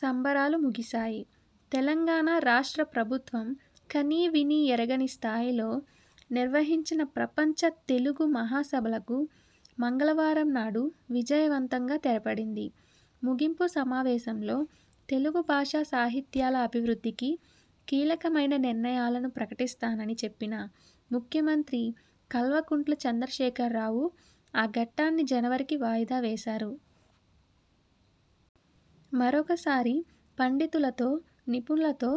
సంబరాలు ముగిసాయి. తెలంగాణ రాష్ట్ర ప్రభుత్వం కనీ వినీ ఎరుగని స్థాయిలో నిర్వహించిన ప్రపంచ తెలుగు మహాసభలకు మంగళవారం నాడు విజయవంతంగా తెరపడింది. ముగింపు సమావేశంలో తెలుగు భాషా సాహిత్యాల అభివృద్ధికి కీలకమయిన నిర్ణయాలను ప్రకటిస్తానని చెప్పిన ముఖ్యమంత్రి కల్వకుంట్ల చంద్రశేఖరరావు, ఆ ఘట్టాన్ని జనవరికి వాయిదా వేశారు. మరొకసారి పండితులతో, నిపుణులతో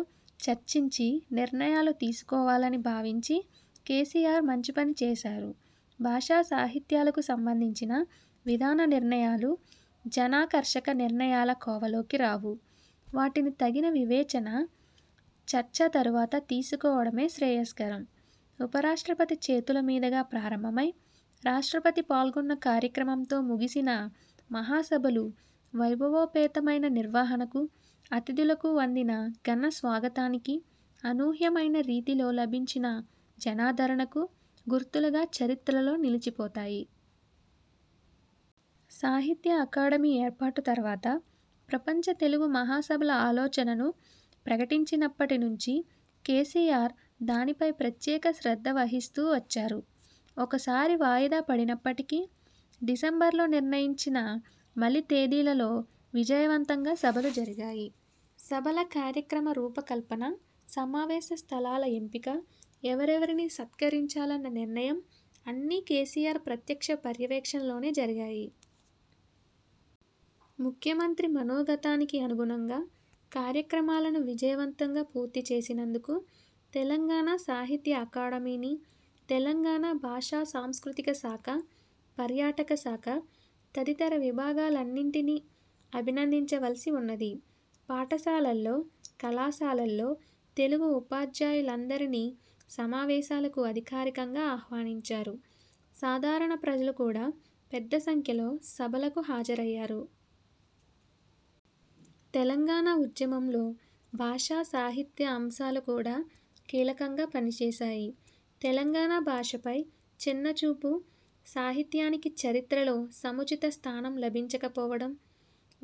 చర్చించి నిర్ణయాలు తీసుకోవాలని భావించి కేసీఆర్ మంచిపని చేశారు. భాషా సాహిత్యాలకు సంబంధించిన విధాన నిర్ణయాలు జనాకర్షక నిర్ణయాల కోవలోకి రావు. వాటిని తగిన వివేచన, చర్చ తరువాత తీసుకోవడమే శ్రేయస్కరం. ఉప రాష్ట్రపతి చేతుల మీదుగా ప్రారంభమై, రాష్ట్రపతి పాల్గొన్న కార్యక్రమంతో ముగిసిన మహాసభలు వైభవోపేతమైన నిర్వహణకు, ఆతిథులకు అందిన ఘనస్వాగతానికి, అనూహ్యమైన రీతిలో లభించిన జనాదరణకు గుర్తులుగా చరిత్రలో నిలిచిపోతాయి. సాహిత్య అకాడమీ ఏర్పాటు తరువాత, ప్రపంచ తెలుగు మహాసభల ఆలోచనను ప్రకటించినప్పటి నుంచి కేసీఆర్ దానిపై ప్రత్యేక శ్రద్ధ వహిస్తూ వచ్చారు. ఒకసారి వాయిదా పడినప్పటికీ, డిసెంబర్లో నిర్ణయించిన మలి తేదీలలో విజయవంతంగా సభలు జరిగాయి. సభల కార్యక్రమ రూప కల్పన, సమావేశ స్థలాల ఎంపిక, ఎవరెవరిని సత్కరించాలన్న నిర్ణయం అన్నీ కేసీఆర్ ప్రత్యక్ష పర్యవేక్షణలోనే జరిగాయి. ముఖ్యమంత్రి మనోగతానికి అనుగుణంగా కార్యక్రమాలను విజయవంతంగా పూర్తి చేసినందుకు తెలంగాణ సాహిత్య అకాడమీని, తెలంగాణ భాషా సాంస్కృతిక శాఖ, పర్యాటక శాఖ తదితర విభాగాలన్నిటినీ అభినందించవలసి ఉన్నది. పాఠశాలల్లో, కళాశాలల్లో తెలుగు ఉపాధ్యాయులందరినీ సమావేశాలకు అధికారికంగా ఆహ్వానించారు. సాధారణ ప్రజలు కూడా పెద్ద సంఖ్యలో సభలకు హాజరయ్యారు. తెలంగాణ ఉద్యమంలో భాషా సాహిత్య అంశాలు కూడా కీలకంగా పనిచేశాయి. తెలంగాణ భాషపై చిన్నచూపు, సాహిత్యానికి చరిత్రలో సముచిత స్థానం లభించకపోవడం,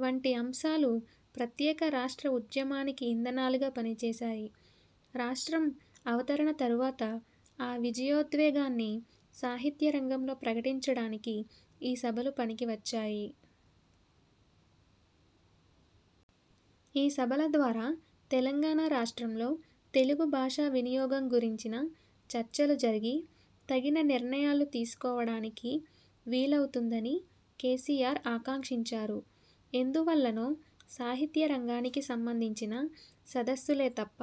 వంటి అంశాలు ప్రత్యేక రాష్ట్ర ఉద్యమానికి ఇంధనాలుగా పనిచేశాయి. రాష్ట్రం అవతరణ తరువాత, ఆ విజయోద్వేగాన్ని సాహిత్యరంగంలో ప్రకటించడానికి ఈ సభలు పనికి వచ్చాయి. ఈ సభల ద్వారా తెలంగాణ రాష్ట్రంలో తెలుగు భాష వినియోగం గురించిన చర్చలు జరిగి, తగిన నిర్ణయాలు తీసుకోవడానికి వీలవుతుందని కేసీఆర్ ఆకాంక్షించారు. ఎందువల్లనో, సాహిత్యరంగానికి సంబంధించిన సదస్సులే తప్ప,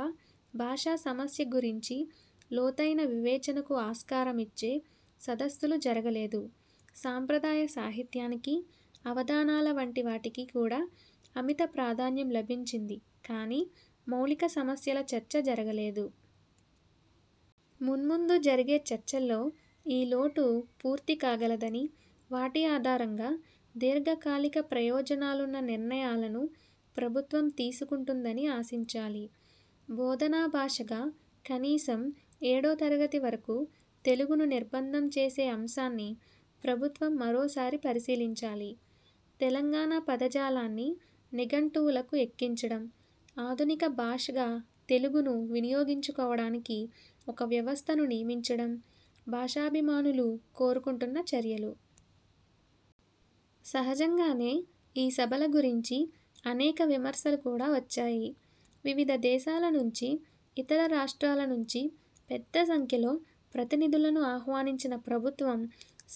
భాషా సమస్య గురించి లోతైన వివేచనకు ఆస్కారమిచ్చే సదస్సులు జరగలేదు. సంప్రదాయ సాహిత్యానికి, అవధానాల వంటి వాటికి కూడా అమిత ప్రాధాన్యం లభించింది కానీ, మౌలిక సమస్యల చర్చ జరగలేదు. మున్ముందు జరిగే చర్చల్లో ఈ లోటు పూర్తి కాగలదని, వాటి ఆధారంగా దీర్ఘకాలిక ప్రయోజనాలున్న నిర్ణయాలను ప్రభుత్వం తీసుకుంటుందని ఆశించాలి. బోధనా భాషగా కనీసం ఏడో తరగతి వరకు తెలుగును నిర్బంధం చేసే అంశాన్ని ప్రభుత్వం మరోసారి పరిశీలించాలి. తెలంగాణ పదజాలాన్ని నిఘంటువులకు ఎక్కించడం, ఆధునిక భాషగా తెలుగును వినియోగించుకోవడానికి ఒక వ్యవస్థను నియమించడం, భాషాభిమానులు కోరుకుంటున్న చర్యలు. సహజంగానే ఈ సభల గురించి అనేక విమర్శలు కూడా వచ్చాయి. వివిధ దేశాల నుంచి, ఇతర రాష్ట్రాల నుంచి పెద్ద సంఖ్యలో ప్రతినిధులను ఆహ్వానించిన ప్రభుత్వం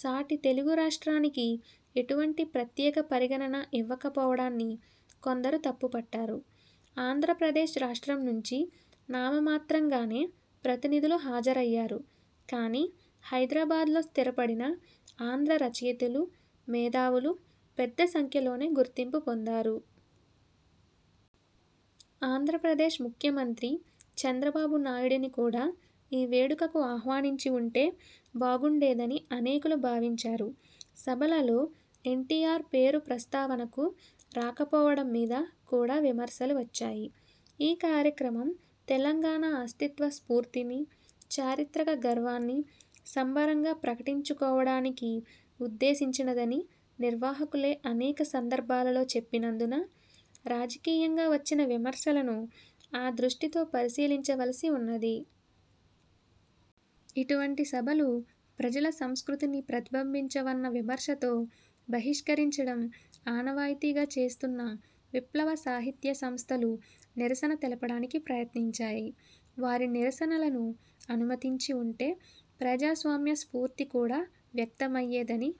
సాటి తెలుగు రాష్ట్రానికి ఎటువంటి ప్రత్యేక పరిగణన ఇవ్వక పోవడాన్ని కొందరు తప్పు పట్టారు. ఆంధ్రప్రదేశ్ రాష్ట్రం నుంచి నామ మాత్రంగానే ప్రతినిధులు హాజరయ్యారు కానీ, హైదరాబాద్లో స్థిరపడిన ఆంధ్ర రచయితలు, మేధావులు పెద్ద సంఖ్యలోనే గుర్తింపు పొందారు. ఆంధ్రప్రదేశ్ ముఖ్యమంత్రి చంద్రబాబు నాయుడుని కూడా ఈ వేడుకకు ఆహ్వానించి ఉంటే బాగుండేదని అనేకులు భావించారు. సభలలో ఎన్టీఆర్ పేరు ప్రస్తావనకు రాకపోవడం మీద కూడా విమర్శలు వచ్చాయి. ఈ కార్యక్రమం తెలంగాణ అస్తిత్వ స్ఫూర్తిని, చారిత్రక గర్వాన్ని సంబరంగా ప్రకటించుకోవడానికి ఉద్దేశించినదని నిర్వాహకులే అనేక సందర్భాలలో చెప్పినందున, రాజకీయంగా వచ్చిన విమర్శలను ఆ దృష్టితో పరిశీలించవలసి ఉన్నది. ఇటువంటి సభలు ప్రజల సంస్కృతిని ప్రతిబింబించవన్న విమర్శతో బహిష్కరించడం ఆనవాయితీగా చేస్తున్న విప్లవ సాహిత్యసంస్థలు నిరసన తెలపడానికి ప్రయత్నించాయి. వారి నిరసనలను అనుమతించి ఉంటే ప్రజాస్వామ్య స్ఫూర్తి కూడా వ్యక్తమయ్యేదని,